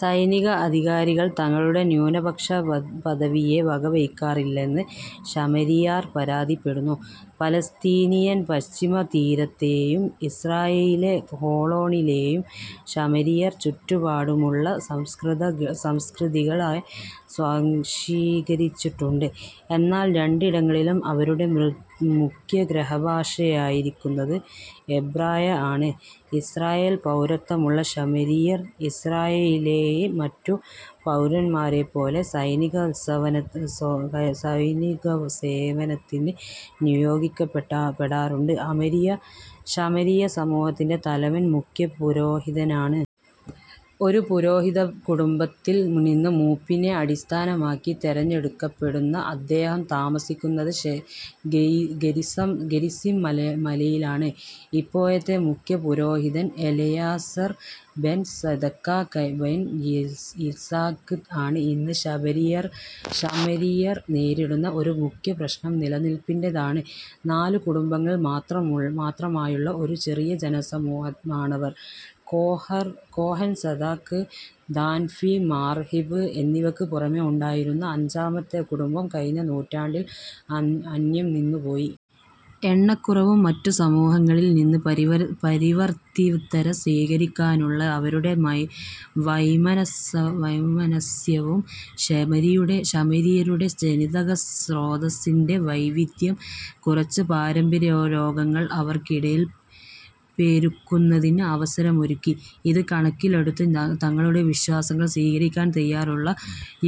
സൈനിക അധികാരികൾ തങ്ങളുടെ ന്യൂനപക്ഷപദവിയെ വകവയ്ക്കാറില്ലെന്ന് ശമരിയർ പരാതിപ്പെടുന്നു.. പലസ്തീനിയൻ പശ്ചിമതീരത്തേയും ഇസ്രായേലിലെ ഹോളോണിലേയും ശമരിയർ ചുറ്റുപാടുമുള്ള സംസ്കൃതികളെ സ്വാംശീകരിച്ചിട്ടുണ്ട്. എന്നാൽ രണ്ടിടങ്ങളിലും അവരുടെ മുഖ്യഗൃഹഭാഷയായിരിക്കുന്നത് എബ്രായ ആണ്. ഇസ്രായേൽ പൗരത്വമുള്ള ശമരിയർ, ഇസ്രായേലിലെ മറ്റു പൗരന്മാരെപ്പോലെ സൈനികസേവനത്തിന് നിയോഗിക്കപ്പെടാറുണ്ട്. ശമരിയ സമൂഹത്തിന്റെ തലവൻ മുഖ്യപുരോഹിതനാണ്. ഒരു പുരോഹിതകുടുംബത്തിൽ നിന്ന് മൂപ്പിനെ അടിസ്ഥാനമാക്കി തെരഞ്ഞെടുക്കപ്പെടുന്ന അദ്ദേഹം, താമസിക്കുന്നത് ഗെരിസിം മലയിലാണ്. ഇപ്പോഴത്തെ മുഖ്യപുരോഹിതൻ Elazar ben Tsedaka ben Yitzhaq ആണ്. ഇന്ന് ശമരിയർ നേരിടുന്ന ഒരു മുഖ്യപ്രശ്നം നിലനില്പിന്റേതാണ്. നാലു കുടുംബങ്ങൾ മാത്രമായുള്ള ഒരു ചെറിയ ജനസമൂഹമാണവർ. കോഹൻ, സെദാഖ്, ദാൻഫി, മാർഹിബ് എന്നിവക്കു പുറമേ ഉണ്ടായിരുന്ന അഞ്ചാമത്തെ കുടുംബം കഴിഞ്ഞ നൂറ്റാണ്ടിൽ അന്യം നിന്നുപോയി. എണ്ണക്കുറവും മറ്റു സമൂഹങ്ങളിൽ നിന്ന് പരിവർത്തിതരെ സ്വീകരിക്കാനുള്ള അവരുടെ വൈമനസ്യവും ശമരിയരുടെ ജനിതകസ്രോതസ്സിന്റെ വൈവിദ്ധ്യം കുറച്ച് പാരമ്പര്യരോഗങ്ങൾ അവർക്കിടയിൽ പെരുക്കുന്നതിന് അവസരമൊരുക്കി. ഇത് കണക്കിലെടുത്ത്, തങ്ങളുടെ വിശ്വാസങ്ങൾ സ്വീകരിക്കാൻ തയ്യാറുള്ള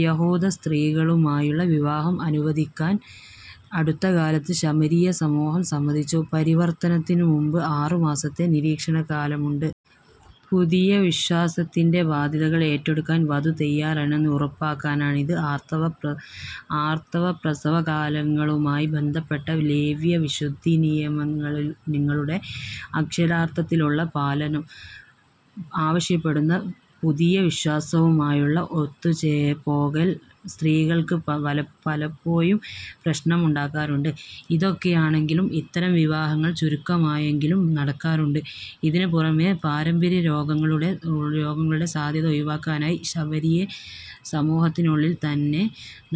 യഹൂദസ്ത്രീകളുമായുള്ള വിവാഹം അനുവദിക്കാൻ അടുത്ത കാലത്ത് ശമരിയ സമൂഹം സമ്മതിച്ചു. പരിവർത്തനത്തിനുമുൻപ് ആറുമാസത്തെ നിരീക്ഷണകാലമുണ്ട്. പുതിയ വിശ്വാസത്തിന്റെ ബാദ്ധ്യതകൾ ഏറ്റെടുക്കാൻ വധു തയ്യാറാണെന്ന് ഉറപ്പാക്കാനാണിത്. ആർത്തവ-പ്രസവ കാലങ്ങളുമായി ബന്ധപ്പെട്ട ലേവ്യ വിശുദ്ധിനിയങ്ങളുടെ അക്ഷരാർത്ഥത്തിലുള്ള പാലനം അവശ്യപ്പെടുന്ന പുതിയ വിശ്വാസവുമായുള്ള ഒത്തുപോകൽ, സ്ത്രീകൾക്ക് പലപ്പോഴും പ്രശ്നമുണ്ടാക്കാറുണ്ട്. ഇതൊക്കെയാണെങ്കിലും ഇത്തരം വിവാഹങ്ങൾ ചുരുക്കമായെങ്കിലും നടക്കാറുണ്ട്. ഇതിനുപുറമേ, പാരമ്പര്യരോഗങ്ങളുടെ സാധ്യത ഒഴിവാക്കാനായി, ശമരിയ സമൂഹത്തിനുള്ളിൽ തന്നെ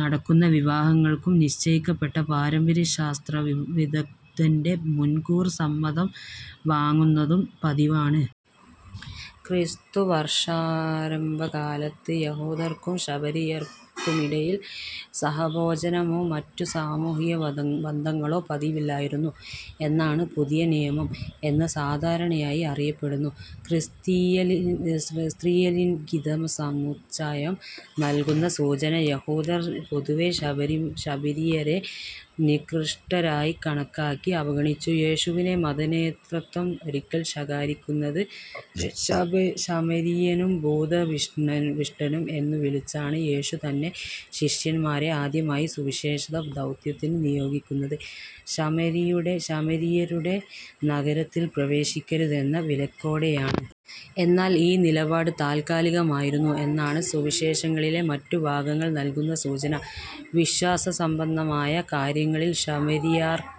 നടക്കുന്ന വിവാഹങ്ങൾക്കും, നിശ്ചയിക്കപ്പെട്ട പാരമ്പര്യശാസ്ത്രവിദഗ്ദ്ധന്റെ മുൻകൂർ സമ്മതം വാങ്ങുന്നതും പതിവാണ്. ക്രിസ്തുവർഷാരംഭകാലത്ത് യഹൂദർക്കും ശമരിയർക്കുമിടയിൽ സഹഭോജനമോ മറ്റു സാമൂഹ്യബന്ധങ്ങളോ പതിവില്ലായിരുന്നു എന്നാണ് പുതിയനിയമം എന്ന് സാധാരണയായി അറിയപ്പെടുന്ന ക്രിസ്തീയലിഖിതസമുച്ചയം നൽകുന്ന സൂചന. യഹൂദർ പൊതുവേ ശമരിയരെ നികൃഷ്ടരായി കണക്കാക്കി അവഗണിച്ചു. യേശുവിനെ മതനേതൃത്വം ഒരിക്കൽ ശകാരിക്കുന്നത് "ശമരിയനും ഭൂതാവിഷ്ടനും" എന്നു വിളിച്ചാണ്. യേശു തന്നെ, ശിഷ്യന്മാരെ ആദ്യമായി സുവിശേഷ ദൗത്യത്തിനു നിയോഗിക്കുന്നത് ശമരിയരുടെ നഗരത്തിൽ പ്രവേശിക്കരുതെന്ന വിലക്കോടെയാണ്. എന്നാൽ ഈ നിലപാട് താൽക്കാലികമായിരുന്നു എന്നാണ് സുവിശേഷങ്ങളിലെ മറ്റു ഭാഗങ്ങൾ നൽകുന്ന സൂചന. വിശ്വാസസംബന്ധമായ കാര്യങ്ങളിൽ ശമരിയർക്കെതിരായ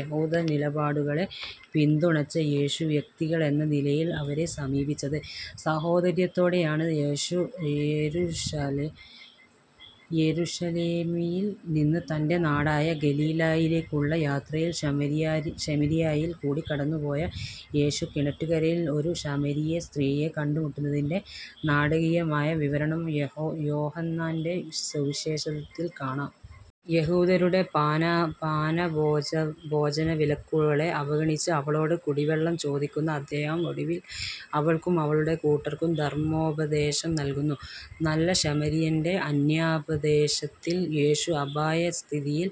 യഹൂദനിലപാടുകളെ പിന്തുണച്ച യേശു, വ്യക്തികളെന്ന നിലയിൽ അവരെ സമീപിച്ചത് സഹോദര്യത്തോടെയാണ്. യെരുശലേമിൽ നിന്ന് തന്റെ നാടായ ഗലീലായിലേക്കുള്ള യാത്രയിൽ ശമരിയായിൽ കൂടി കടന്നുപോയ യേശു കിണറ്റുകരയിൽ ഒരു ശമരിയ സ്ത്രീയെ കണ്ടുമുട്ടുന്നതിന്റെ നാടകീയമായ വിവരണം യോഹന്നാന്റെ സുവിശേഷത്തിൽ കാണാം. യഹൂദരുടെ പാനഭോജനവിലക്കുകളെ അവഗണിച്ച് അവളോട് കുടിവെള്ളം ചോദിക്കുന്ന അദ്ദേഹം ഒടുവിൽ അവൾക്കും അവളുടെ കൂട്ടർക്കും ധർമ്മോപദേശം നൽകുന്നു. നല്ല ശമരിയന്റെ അന്യാപദേശത്തിൽ യേശു, അപായസ്ഥിതിയിൽ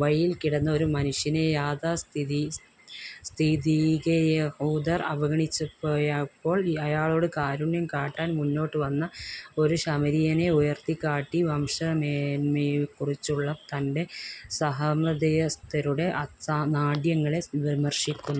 വഴിയിൽ കിടന്ന ഒരു മനുഷ്യനെ യാഥാസ്ഥിതികയഹൂദർ അവഗണിച്ചുപോയപ്പോൾ അയാളോട് കാരുണ്യം കാട്ടാൻ മുന്നോട്ടുവന്ന ഒരു ശമരിയനെ ഉയർത്തിക്കാട്ടി, വംശമേന്മയെക്കുറിച്ചുള്ള തന്റെ സഹമതസ്ഥരുടെ നാട്യങ്ങളെ വിമർശിക്കുന്നു.